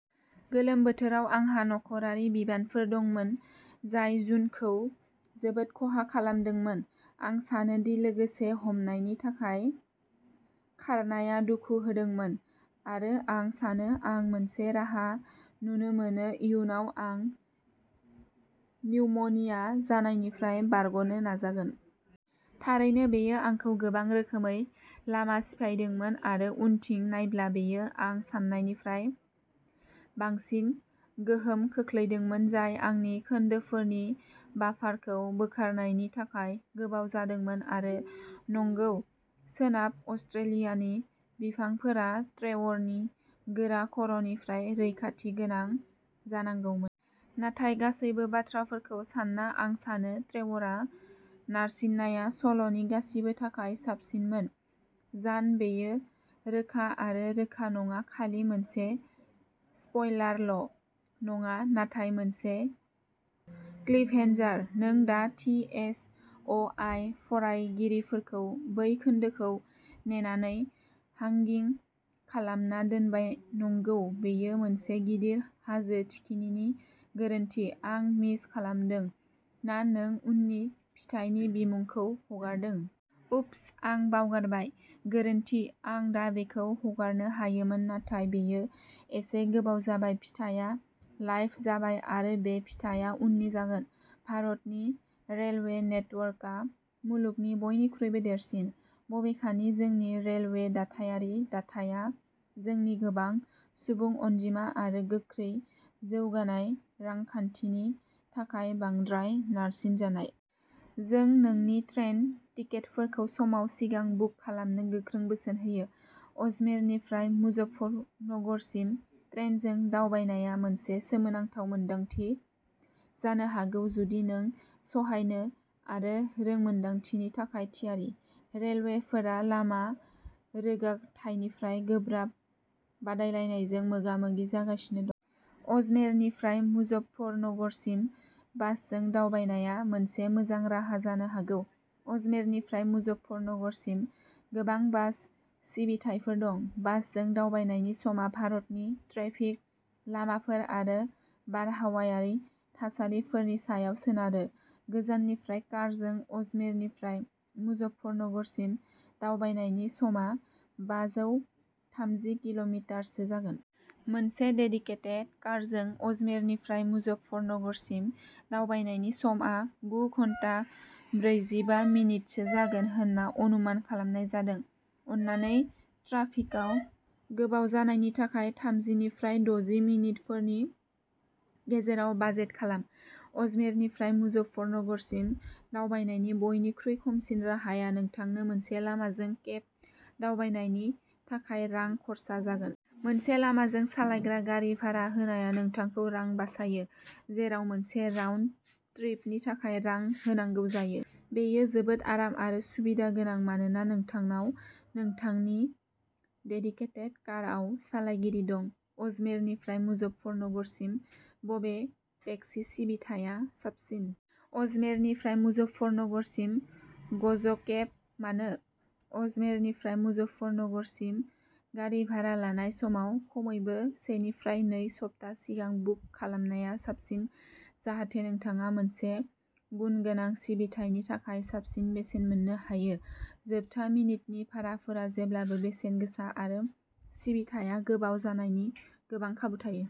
गोलोम बोथोराव आंहा नखरारि बिबानफोर दंमोन जाय जुनखौ जोबोद खहा खालामदोंमोन। आं सानो दि लोगोसे हमनायनि थाखाय खारनाया दुखु होदोंमोन आरो आं सानो आं मोनसे राहा नुनो मोनो इयुनाव आं निउम'निया जानायनिफ्राय बारग'नो नाजागोन। थारैनो बेयो आंखौ गोबां रोखोमै लामा सिफायदोंमोन आरो उनथिं नायब्ला बेयो आं सान्नायनिफ्राय बांसिन गोहोम खोख्लैदोंमोन जाय आंनि खोन्दोफोरनि बाफारखौ बोखारनायनि थाखाय गोबाव जादोंमोन आरो नंगौ सोनाब अस्ट्रेलियानि बिफांफोरा ट्रेवरनि गोरा खर'निफ्राय रैखाथि गोनां जानांगौमोन। नाथाय गासैबो बाथ्राफोरखौ सान्ना आं सानो ट्रेवरआ नारसिननाया सल'नि गासिबो थाखाय साबसिनमोन। जान बेयो रोखा आरो रोखा नङा खालि मोनसे स्पइलारल' नङा नाथाय मोनसे क्लिफहेन्जार! नों दा थि एस अ आइ फरायगिरिफोरखौ बै खोन्दोखौ नेनानै हांगिं खालामना दोनबाय नंगौ बेयो मोनसे गिदिर हाजो थिखिनि गोरोन्थि आं मिस खालामदों ना नों उननि फिथाइनि बिमुंखौ हगारदों? उफ्स आं बावगारबाय गोरोन्थि आं दा बेखौ हगारनो हायोमोन नाथाय बेयो एसे गोबाव जाबाय फिथाया लाइभ जाबाय आरो बे फिथाया उननि जागोन। भारतनि रेलवे नेटवर्कआ मुलुगनि बयनिख्रुइबो देरसिन। बबेखानि जोंनि रेलवे दाथायारि दाथाइया जोंनि गोबां सुबुं अनजिमा आरो गोख्रै जौगानाय रांखान्थिनि थाखाय बांद्राय नारसिनजानाय। जों नोंनि ट्रेन टिकेटफोरखौ समाव सिगां बुक खालामनो गोख्रों बोसोन होयो। अजमेरनिफ्राय मुजफ्फरनगरसिम ट्रेनजों दावबायनाया मोनसे सोमोनांथाव मोनदांथि जानो हागौ जुदि नों सहायनो आरो रोंमोन्दांथिनि थाखाय थियारि। रेलवेफोरा लामा रोगाथाइनिफ्राय गोब्राब बादायलायनायजों मोगा-मोगि जागासिनो दं। अजमेरनिफ्राय मुजफ्फरनगरसिम बासजों दावबायनाया मोनसे मोजां राहा जानो हागौ। अजमेरनिफ्राय मुजफ्फरनगरसिम गोबां बास सिबिथायफोर दं। बासजों दावबायनायनि समा भारतनि ट्रेफिक लामाफोर आरो बारहावायारि थासारिफोरनि सायाव सोनारो। गोजाननिफ्राय कारजों अजमेरनिफ्राय मुजफ्फरनगरसिम दावबायनायनि समा बाजौ थामजि किल'मिटारसो जागोन। मोनसे डेडिकेटेड कारजों अजमेरनिफ्राय मुजफ्फरनगरसिम दावबायनायनि समआ गु घन्टाब्रैजिबा मिनिटसो जागोन होनना अनुमान खालामनाय जादों। अन्नानै ट्राफिकाव गोबाव जानायनि थाखाय थामजिनिफ्राय दजि मिनिटफोरनि गेजेराव बाजेट खालाम। अजमेरनिफ्राय मुजफ्फरनगरसिम दावबायनायनि बयनिख्रुइ खमसिन राहाया नोंथांनो मोनसे लामाजों केब दावबायनायनि थाखाय रां खर्सा जागोन। मोनसे लामाजों सालायग्रा गारि भारा होनाया नोंथांखौ रां बासायो जेराव मोनसे राउन्ड ट्रिपनि थाखाय रां होनांगौ जायो। बेयो जोबोद आराम आरो सुबिदा गोनां मानोना नोंथांनाव नोंथांनि डेडिकेटेड कारआव सालायगिरि दं। अजमेरनिफ्राय मुजफ्फरनगरसिम बबे टेक्सि सिबिथाया साबसिन? अजमेरनिफ्राय मुजफ्फरनगरसिम ग'ज'केब मानो? अजमेरनिफ्राय मुजफ्फरनगरसिम गारि भारा लानाय समाव खमैबो सेनिफ्राय नै सप्ता सिगां बुक खालामनाया साबसिन जाहाथे नोंथाङा मोनसे गुनगोनां सिबिथायनि थाखाय साबसिन बेसेन मोननो हायो। जोबथा मिनिटनि भाराफोरा जेब्लाबो बेसेन गोसा आरो सिबिथाया गोबाव जानायनि गोबां खाबु थायो।